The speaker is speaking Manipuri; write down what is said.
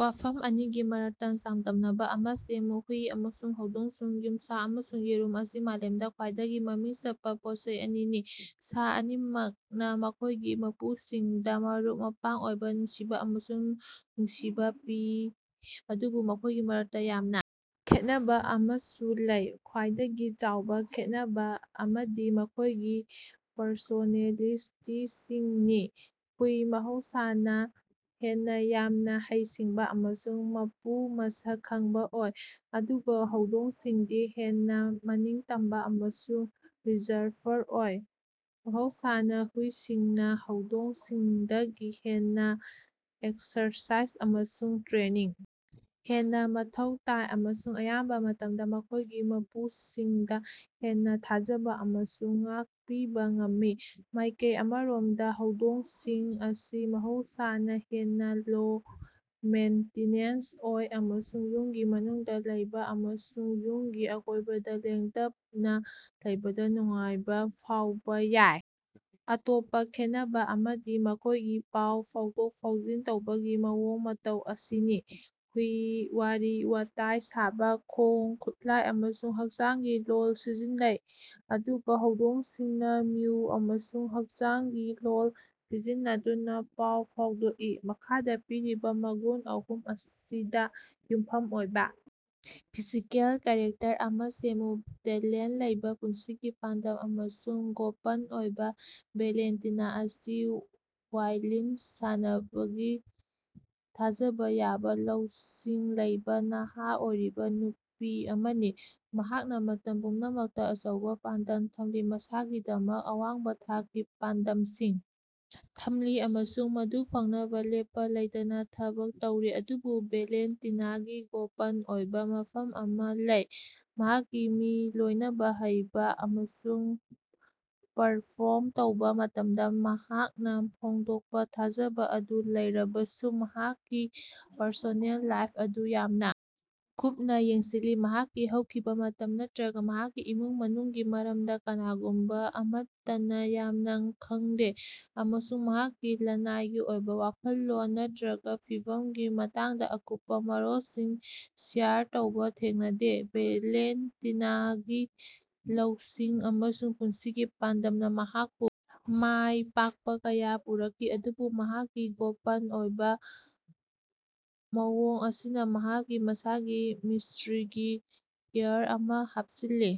ꯋꯥꯐꯝ ꯑꯅꯤꯒꯤ ꯃꯔꯛꯇ ꯆꯥꯡꯗꯝꯅꯕ ꯑꯃꯥ ꯁꯦꯝꯃꯨ꯫ ꯍꯨꯏ ꯑꯃꯁꯨꯡ ꯍꯧꯗꯣꯡꯁꯤꯡ꯫ ꯌꯨꯝꯁꯥ ꯑꯃꯁꯨꯡ ꯌꯦꯔꯨꯝ ꯑꯁꯤ ꯃꯥꯂꯦꯝꯗ ꯈ꯭ꯋꯥꯏꯗꯒꯤ ꯃꯃꯤꯡ ꯆꯠꯄ ꯄꯣꯠꯆꯩ ꯑꯅꯤꯅꯤ꯫ ꯁꯥ ꯑꯅꯤꯃꯛꯅ ꯃꯈꯣꯢꯒꯤ ꯃꯄꯨꯁꯤꯡꯗ ꯃꯔꯨꯞ-ꯃꯄꯥꯡ ꯑꯣꯏꯕꯥ ꯅꯨꯡꯁꯤꯕꯥ ꯑꯃꯁꯨꯡ ꯅꯨꯡꯁꯤꯕꯥ ꯄꯤ ꯑꯗꯨꯕꯨ ꯃꯈꯣꯢꯒꯤ ꯃꯔꯛꯇ ꯌꯥꯝꯅ ꯈꯦꯠꯅꯕ ꯑꯃꯁꯨ ꯂꯩ꯫ ꯈ꯭ꯋꯥꯏꯗꯒꯤ ꯆꯥꯎꯕ ꯈꯦꯠꯅꯕ ꯑꯃꯗꯤ ꯃꯈꯣꯢꯒꯤ ꯄꯔꯁꯣꯅꯦꯂꯤꯇꯤꯁꯤꯡꯅꯤ: ꯍꯨꯏ ꯃꯍꯧꯁꯥꯅ ꯍꯦꯟꯅ ꯌꯥꯝꯅ ꯍꯩꯁꯤꯡꯕ ꯑꯃꯁꯨꯡ ꯃꯄꯨ ꯃꯁꯛ ꯈꯪꯕ ꯑꯣꯏ ꯑꯗꯨꯒ ꯍꯧꯗꯣꯡꯁꯤꯡꯗꯤ ꯍꯦꯟꯅ ꯃꯅꯤꯡꯇꯝꯕ ꯑꯃꯁꯨꯡ ꯔꯤꯖꯔꯚꯔ ꯑꯣꯏ꯫ ꯃꯍꯧꯁꯥꯅꯥ ꯍꯨꯏꯁꯤꯡꯅ ꯍꯧꯗꯣꯡꯁꯤꯡꯗꯒꯤ ꯍꯦꯟꯅ ꯑꯦꯛꯁꯔꯁꯥꯏꯖ ꯑꯃꯁꯨꯡ ꯇ꯭ꯔꯦꯅꯤꯡ ꯍꯦꯟꯅ ꯃꯊꯧ ꯇꯥꯏ ꯑꯃꯁꯨꯡ ꯑꯌꯥꯝꯕ ꯃꯇꯝꯗ ꯃꯈꯣꯢꯒꯤ ꯃꯄꯨꯁꯤꯡꯗ ꯍꯦꯟꯅꯥ ꯊꯥꯖꯕ ꯑꯃꯁꯨꯡ ꯉꯥꯛꯄꯤꯕ ꯉꯝꯃꯤ꯫ ꯃꯥꯢꯀꯩ ꯑꯃꯔꯣꯝꯗ ꯍꯧꯗꯣꯡꯁꯤꯡ ꯑꯁꯤ ꯃꯍꯧꯁꯥꯅ ꯍꯦꯟꯅꯥ ꯂꯣ-ꯃꯦꯟꯇꯤꯅꯦꯟꯁ ꯑꯣꯏ ꯑꯃꯁꯨꯡ ꯌꯨꯝꯒꯤ ꯃꯅꯨꯡꯗ ꯂꯩꯕ ꯑꯃꯁꯨꯡ ꯌꯨꯝꯒꯤ ꯑꯀꯣꯢꯕꯗ ꯂꯦꯡꯗꯅ ꯂꯩꯕꯗ ꯅꯨꯡꯉꯥꯏꯕꯥ ꯐꯥꯎꯕ ꯌꯥꯏ꯫ ꯑꯇꯣꯞꯄꯥ ꯈꯦꯠꯅꯕ ꯑꯃꯗꯤ ꯃꯈꯣꯢꯒꯤ ꯄꯥꯎ ꯐꯥꯎꯗꯣꯛ-ꯐꯥꯎꯖꯤꯟ ꯇꯧꯕꯒꯤ ꯃꯑꯣꯡ-ꯃꯇꯧ ꯑꯁꯤꯅꯤ: ꯍꯨꯏ ꯋꯥꯔꯤ-ꯋꯥꯇꯥꯏ ꯁꯥꯕ ꯈꯣꯡ-ꯈꯨꯠꯂꯥꯏ ꯑꯃꯁꯨꯡ ꯍꯛꯆꯥꯡꯒꯤ ꯂꯣꯜ ꯁꯤꯖꯤꯟꯅꯩ ꯑꯗꯨꯒ ꯍꯧꯗꯣꯡꯁꯤꯡꯅ ꯃꯤꯎ ꯑꯃꯁꯨꯡ ꯍꯛꯆꯥꯡꯒꯤ ꯂꯣꯜ ꯁꯤꯖꯤꯟꯅꯗꯨꯅ ꯄꯥꯎ ꯐꯥꯎꯗꯣꯛꯏ꯫ ꯃꯈꯥꯗꯥ ꯄꯤꯔꯤꯕꯥ ꯃꯒꯨꯟ ꯑꯍꯨꯝ ꯑꯁꯤꯗꯥ ꯌꯨꯝꯐꯝ ꯑꯣꯏꯕꯥ ꯐꯤꯖꯤꯀꯦꯜ ꯀꯦꯔꯦꯛꯇꯔ ꯑꯃꯥ ꯁꯦꯝꯃꯨ꯫ ꯇꯦꯂꯦꯟꯇ ꯂꯩꯕꯥ, ꯄꯨꯟꯁꯤꯒꯤ ꯄꯥꯟꯗꯝ ꯑꯃꯁꯨꯡ ꯒꯣꯄꯟ ꯑꯣꯏꯕꯥ꯫ ꯚꯦꯂꯦꯟꯇꯤꯅ ꯑꯁꯤ ꯋꯥꯏꯂꯤꯟ ꯁꯥꯟꯅꯕꯒꯤ ꯊꯥꯖꯕ ꯌꯥꯕ ꯂꯧꯁꯤꯡ ꯂꯩꯕꯥ ꯅꯍ ꯑꯣꯏꯔꯤꯕꯥ ꯅꯨꯄꯤ ꯑꯃꯅꯤ꯫ ꯃꯍꯥꯛꯅ ꯃꯇꯝ ꯄꯨꯝꯅꯃꯛꯇ ꯑꯆꯧꯕꯥ ꯄꯥꯟꯗꯝ ꯊꯝꯂꯤ ꯃꯁꯥꯒꯤꯗꯃꯛ ꯑꯋꯥꯡꯕꯥ ꯊꯥꯛꯀꯤ ꯄꯥꯟꯗꯝꯁꯤꯡ ꯊꯝꯂꯤ ꯑꯃꯁꯨꯡ ꯃꯗꯨ ꯐꯪꯅꯕꯥ ꯂꯦꯞꯄꯥ ꯂꯩꯇꯅꯥ ꯊꯕꯛ ꯇꯧꯔꯤ꯫ ꯑꯗꯨꯕꯨ ꯚꯦꯂꯦꯟꯇꯤꯅꯥꯒꯤ ꯒꯣꯄꯟ ꯑꯣꯏꯕꯥ ꯃꯐꯝ ꯑꯃꯥ ꯂꯩ꯫ ꯃꯍꯥꯛꯀꯤ ꯃꯤ ꯂꯣꯏꯅꯕ ꯍꯩꯕ ꯑꯃꯁꯨꯡ ꯄꯔꯐꯣꯔꯝ ꯇꯧꯕꯥ ꯃꯇꯝꯗ ꯃꯍꯥꯛꯅ ꯐꯣꯡꯗꯣꯛꯄ ꯊꯥꯖꯕ ꯑꯗꯨ ꯂꯩꯔꯕꯁꯨ ꯃꯍꯥꯛꯀꯤ ꯄꯔꯁꯣꯅꯦꯜ ꯂꯥꯏꯐ ꯑꯗꯨ ꯌꯥꯝꯅꯥ ꯀꯨꯞꯅꯥ ꯌꯦꯡꯁꯤꯜꯂꯤ꯫ ꯃꯍꯥꯛꯀꯤ ꯍꯧꯈꯤꯕꯥ ꯃꯇꯝ ꯅꯠꯇ꯭ꯔꯒꯥ ꯃꯍꯥꯛꯀꯤ ꯏꯃꯨꯡ ꯃꯅꯨꯡꯒꯤ ꯃꯔꯝꯗ ꯀꯅꯥꯒꯨꯝꯕ ꯑꯃꯠꯇꯅ ꯌꯥꯝꯅꯥ ꯈꯡꯗꯦ ꯑꯃꯁꯨꯡ ꯃꯍꯥꯛꯀꯤ ꯂꯅꯥꯏꯒꯤ ꯑꯣꯏꯕꯥ ꯋꯥꯈꯜꯂꯣꯟ ꯅꯠꯇ꯭ꯔꯒꯥ ꯐꯤꯚꯝꯒꯤ ꯃꯇꯥꯡꯗ ꯑꯀꯨꯞꯄꯥ ꯃꯔꯣꯜꯁꯤꯡ ꯁꯦꯌꯔ ꯇꯧꯕꯥ ꯊꯦꯡꯅꯗꯦ꯫ ꯚꯦꯂꯦꯟꯇꯤꯅꯥꯒꯤ ꯂꯧꯁꯤꯡ ꯑꯃꯁꯨꯡ ꯄꯨꯟꯁꯤꯒꯤ ꯄꯥꯟꯗꯝꯅ ꯃꯍꯥꯛꯄꯨ ꯃꯥꯢ ꯄꯥꯛꯄ ꯀꯌꯥ ꯄꯨꯔꯛꯈꯤ ꯑꯗꯨꯕꯨ ꯃꯍꯥꯛꯀꯤ ꯒꯣꯄꯟ ꯑꯣꯏꯕ ꯃꯑꯣꯡ ꯑꯁꯤꯅ ꯃꯍꯥꯛꯀꯤ ꯃꯁꯥꯒꯤ ꯃꯤꯁꯇ꯭ꯔꯤꯒꯤ ꯑꯦꯌꯔ ꯑꯃꯥ ꯍꯥꯞꯆꯤꯜꯂꯤ꯫